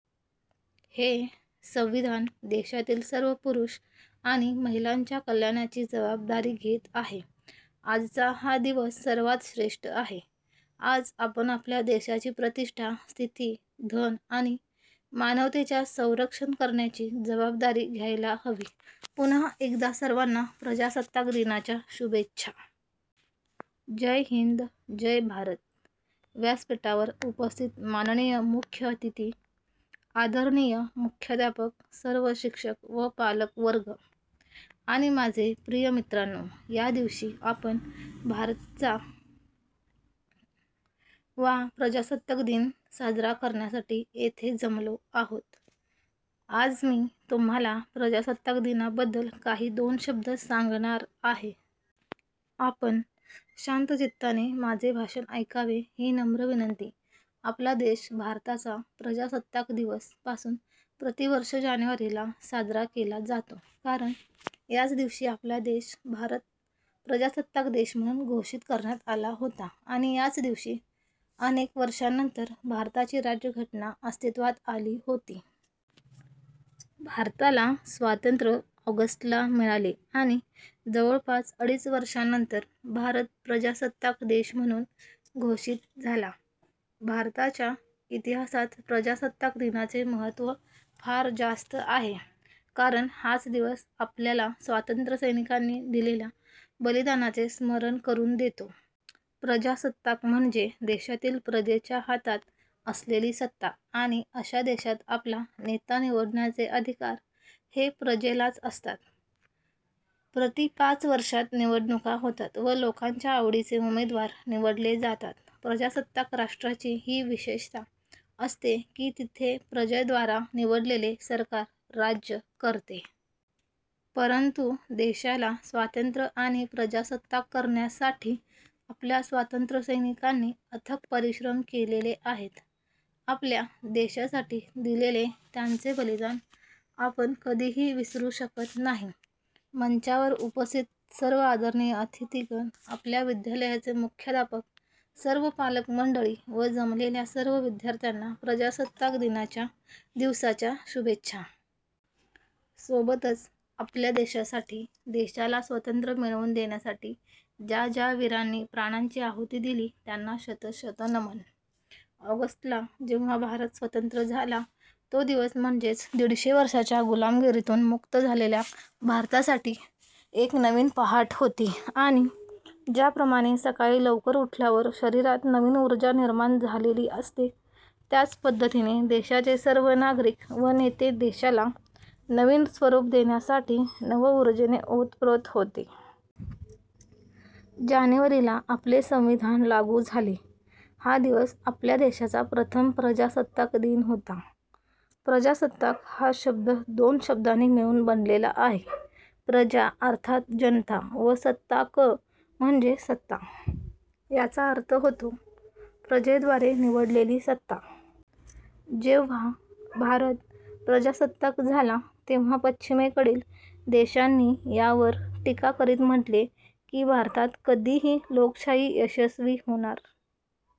हे संविधान देशातील सर्व पुरुष आणि महिलांच्या कल्याणाची जवाबदारी घेत आहे. आजचा हा दिवस सर्वात श्रेष्ठ आहे, आज आपण आपल्या देशाची प्रतिष्ठा, स्थिति, धन आणि मानवतेच्या संरक्षण करण्याची जवाबदारी घ्यायला हवी. पुनः एकदा सर्वाना प्रजासत्ताक दिनाच्या शुभेच्छा. जय हिन्द जय भारत. व्यासपीठावर उपस्थित माननीय मुख्य अतिथी, आदरणीय मुख्याध्यापक, सर्व शिक्षक व पालक वर्ग आणि माझे प्रिय मित्रांनो. या दिवशी आपण भारतचा वा प्रजासत्ताक दिवस साजरा करण्यासाठी येथे जमलो आहोत. आज मी तुम्हाला प्रजासत्ताक दिनाबद्दल काही दोन शब्द सांगणार आहे. आपण शांतचित्ताने माझे भाषण एकावे ही नम्र विनंती. आपला देश भारताचा प्रजासत्ताक दिवस पासून प्रति वर्ष जानेवारी ला साजरा केला जातो. कारण याच दिवशी आपला देश भारत प्रजासत्ताक देश म्हणून घोषित करण्यात आला होता आणि याच दिवशी अनेक वर्षानंतर भारताची राज्यघटना अस्तित्वात आली होती. भारताला स्वातंत्र्य ऑगस्ट ला मिळाले आणि जवळपास अडीच वर्षानंतर भारत प्रजासत्ताक देश म्हणून घोषित झाला. भारताच्या इतिहासात प्रजासत्ताक दिनाचे महत्व फार जास्त आहे कारण हाच दिवस आपल्याला स्वातंत्र्यसैनिकांनी दिलेल्या बलिदानाचे स्मरण करून देतो. प्रजासत्ताक म्हणजे देशातील प्रजेच्या हातात असलेली सत्ता आणि अश्या देशात आपला नेता निवडण्याचे अधिकार हे प्रजेलाच असतात. प्रति पाच वर्षात निवडणुका होतात व लोकांच्या आवडीचे उमेदवार निवडले जातात. प्रजासत्ताक राष्ट्राची ही विशेषता असते की तेथे प्रजेद्वारा निवडलेले सरकार राज्य करते. परंतु देशाला स्वातंत्र्य आणि प्रजासत्ताक करण्यासाठी आपल्या स्वातंत्र्यसैनिकांनी अथक परिश्रम केलेले आहेत. आपल्या देशासाठी दिलेले त्यांचे बलिदान आपण कधीही विसरू शकत नाही. मंचावर उपस्थित सर्व आदरणीय अतिथिगण, आपल्या विद्यालयाचे मुख्यध्यापक, सर्व पालक मंडळी व जमलेल्या सर्व विद्ययार्थयाना प्रजासत्ताक दिवसाच्या शुभेच्छा. सोबतच आपल्या देशासाठी, देशाला स्वतंत्र मिळवून देण्यासाठी ज्या ज्या वीरांनी प्राणांची आहुति दिली त्यांना शत शत नमन. ऑगस्ट ला जेव्हा भारत स्वतंत्र झाला, तो दिवस म्हणजेच दीडशे वर्षाच्या गुलामगिरीतून मुक्त झालेल्या भारतासाठी एक नवीन पहाट होती आणि ज्याप्रमाणे सकाळी लवकर उठल्यावर शरीरात नवीन ऊर्जा निर्माण झालेली असते त्याच पद्धतीने देशाचे सर्व नागरिक व नेते देशाला नवीन स्वरूप देण्यासाठी नव उर्जेने ओतप्रोत होते. जानेवारी ला आपले संविधान लागू झाले, हा दिवस आपल्या देशाचा प्रथम प्रजासत्ताक दिन होता. 'प्रजासत्ताक' हा शब्द दोन शब्दांनी मिळून बनलेला आहे. 'प्रजा' अर्थात जनता व 'सत्ताक' म्हणजे सत्ता. याचा अर्थ होतो प्रजेद्वारे निवडलेली सत्ता. जेव्हा भारत प्रजासत्ताक झाला तेव्हा पश्चिमेकडील देशांनी यावर टीका करीत म्हटले की भारतात कधीही "लोकशाही" यशस्वी होणार